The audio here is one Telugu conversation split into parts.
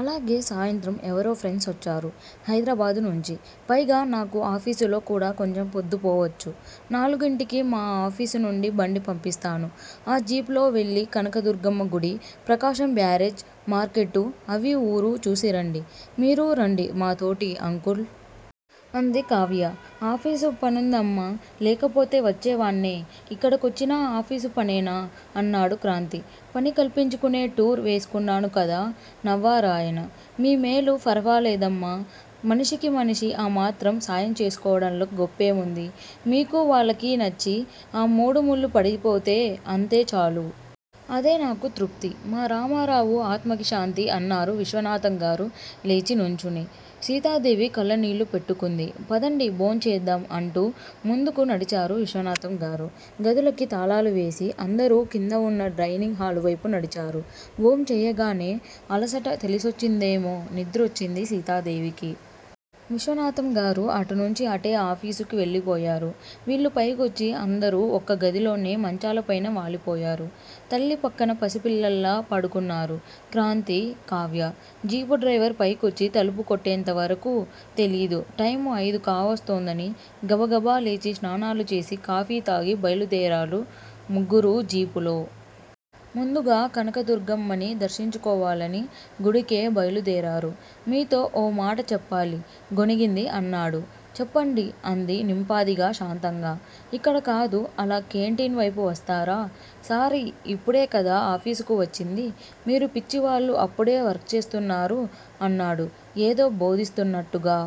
అలాగే సాయంత్రం ఎవరో ఫ్రెండ్సొచ్చారు హైదరాబాదు నుంచి. పైగా నాకు ఆఫీసులో కూడా కొంచెం పొద్దు పోవొచ్చు. నాలుగింటికి మా ఆఫీసు నుంచి బండి పంపిస్తాను. ఆ జీప్ లో వెళ్ళి కనకదుర్గమ్మ గుడి, ప్రకాశం బ్యారేజ్, మార్కెట్టూ అవీ ఊరు చూసిరండి. మీరూ రండి మాతోటీ అంకుల్! అంది కావ్య. ఆఫీసు పనుందమ్మా! లేకపోతే వొచ్చేవాణ్ణే! ఇక్కడ కొచ్చినా ఆఫీసుపనేనా? అన్నాడు క్రాంతి. పని కల్పించుకునే టూర్ వేసుకున్నాను కదా! నవ్వారాయన. మీ మేలు ఫరవాలేదమ్మా! మనిషికి మనిషి ఆ మాత్రం సాయం చేసుకోవడంలో గొప్పేముంది? మీకూ వాళ్లకీ నచ్చి, ఆ మూడుముళ్ళుపడిపోతే అంతే చాలు. అదే నాకు తృప్తి. మా రామారావు ఆత్మకి శాంతి! అన్నారు విశ్వనాథంగారు లేచి నుంచుని! సీతాదేవి కళ్లనీళ్ళు పెట్టుకుంది. పదండి భోంచేద్దాం అంటూ ముందుకు నడిచారు విశ్వనాథంగారు. గదులకి తాళాలువేసి, అందరూ కిందవున్న డైనింగ్ హాలు వైపు నడిచారు. భోంచెయ్యగానే అలసట తెలిసొచ్చిందేమో, నిద్రొచ్చింది సీతాదేవికి. విశ్వనాథంగారు అటునుంచి అటే ఆఫీసుకి వెళ్ళిపోయారు. వీళ్ళు పైకొచ్చి, అందరూ ఒక్క గదిలోనే మంచాల పైన వాలిపోయారు. తల్లి పక్కన పసిపిల్లల్లా పడుకున్నారు క్రాంతీ, కావ్య! జీపు డ్రైవర్ పైకొచ్చి తలుపు కొట్టేంత వరకూ తెలీదు, టైము అయిదు కావొస్తోందని. గబగబా లేచి స్నానాలు చేసి, కాఫీ తాగి బయలుదేరారు ముగ్గురూ జీపులో. ముందుగా కనకదుర్గమ్మని దర్శించుకోవాలని గుడికే బయలుదేరారు. మీతో ఓ మాట చెప్పాలి! గొణిగింది అన్నాడు. చెప్పండి! అంది నింపాదిగా శాంతంగా. ఇక్కడ కాదు! అలా కేంటీన్ వైపు వస్తారా? సారీ! ఇప్పుడే కదా ఆఫీసుకు వచ్చింది. మీరు పిచ్చివాళ్ళు అప్పుడే వర్క్ చేస్తున్నారు అన్నాడు ఏదో భోధిస్తున్నట్టుగా.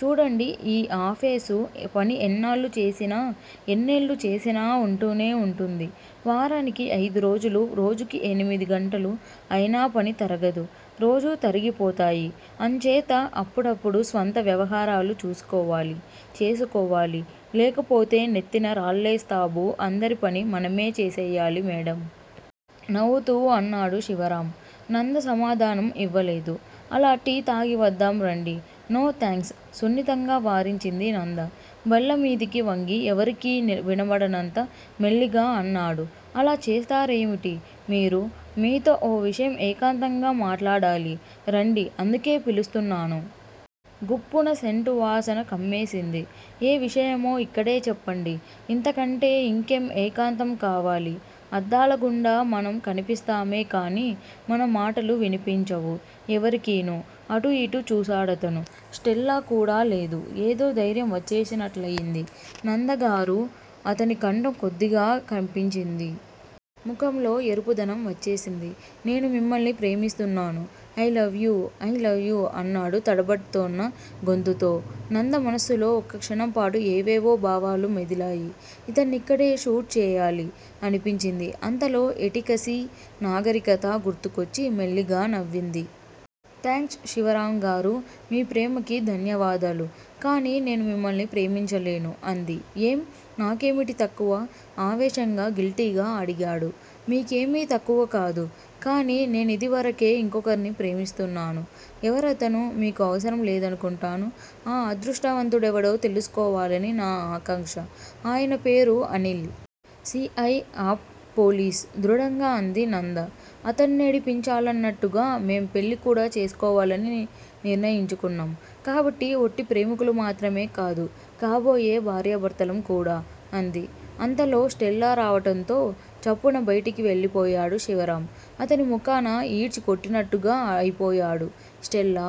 చూడండి ఈ ఆఫేసు పని ఎన్నాళ్ళు చేసినా ఎన్నేళ్ళు చేసినా వుంటూనే వుంటుంది. వారానికి అయిదురోజులు రోజుకి ఎనిమిది గంటలు! అయినా పని తరగదు! రోజు తరిగిపోతాయి. అంచేత అప్పుడప్పుడు స్వంత వ్యవహారాలు చూసుకోవాలి. చేసుకోవాలి! లేకపోతే నెత్తిన రాళ్ళేస్తాఋ అందరి పని మనమే చేసెయ్యాలి మేడం! నవ్వుతూ అన్నాడు శివరాం. నంద సమాధానం ఇవ్వలేదు. అలా టీ తాగి వద్దాం రండి! No thanks! సున్నితంగా వారించింది నంద. బల్లమీదికి వంగి ఎవరికీ వినబడనంత మెల్లిగా అన్నాడు. అలా చేస్తారేమిటి మీరు? మీతో ఓ విషయం ఏకాంతంగా మాట్లాడాలి! రండి! అందుకే పిలుస్తున్నాను! గుప్పున సెంటు వాసన కమ్మేసింది. ఏ విషయమో ఇక్కడే చెప్పండి! ఇంతకంటే ఇంకేం ఏకాంతం కావాలి? అద్దాలగుండా మనం కనిపిస్తామే కానీ మన మాటలు వినిపించవు ఎవరికీను. అటు యిటు చూశాడతను. స్టెల్లాకూడా లేదు. ఏదో ధైర్యం వచ్చేసినట్లయింది. నందగారూ! అతని కంఠం కొద్దిగా కంపించింది. ముఖంలో ఎరుపు దనం వచ్చేసింది. నేను మిమ్మల్ని ప్రేమిస్తున్నాను. I love you! I love you! అన్నాడు తడబడ్తోన్న గొంతుతో. నంద మనస్సులో ఒక్కక్షణం పాటు ఏవేవో భావాలు మెదిలాయి. ఇతన్నిక్కడే షూట్ చేయాలి! అనిపించింది. అంతలో ఎటికసీ, నాగరికతా గుర్తుకొచ్చి మెల్లిగా నవ్వింది. థాంక్స్ శివరాంగారూ! మీ ప్రేమకి ధన్యవాదాలు కానీ నేను మిమ్మల్ని ప్రేమించలేను! అంది. ఏం? నాకేమిటి తక్కువ! ఆవేశంగా గిల్టీగా అడిగాడు. మీకేమీ తక్కువ కాదు. కానీ నేనిదివరకే ఇంకొకర్ని ప్రేమిస్తున్నాను. ఎవరతను? మీకు అవసరం లేదనుకుంటాను! ఆ అదృష్టవంతుడెవడో తెలుసుకోవాలని నా ఆకాంక్ష! ఆయన పేరు Anil! C. I. Of police! దృఢంగా అంది నంద. అతన్నేడిపించాలన్నట్టుగా మేం పెళ్ళి కూడా చేసుకోవాలని నిర్ణయించుకున్నాం. కాబట్టి ఒట్టి ప్రేమికులు మాత్రమే కాదు! కాబోయే భార్యాభర్తలం కూడా! అంది. అంతలో స్టెల్లా రావటంతో చప్పున బయటికి వెళ్ళిపోయాడు శివరాం! అతని ముఖాన యీడ్చికొట్టినట్టుగా అయిపోయాడు. స్టెల్లా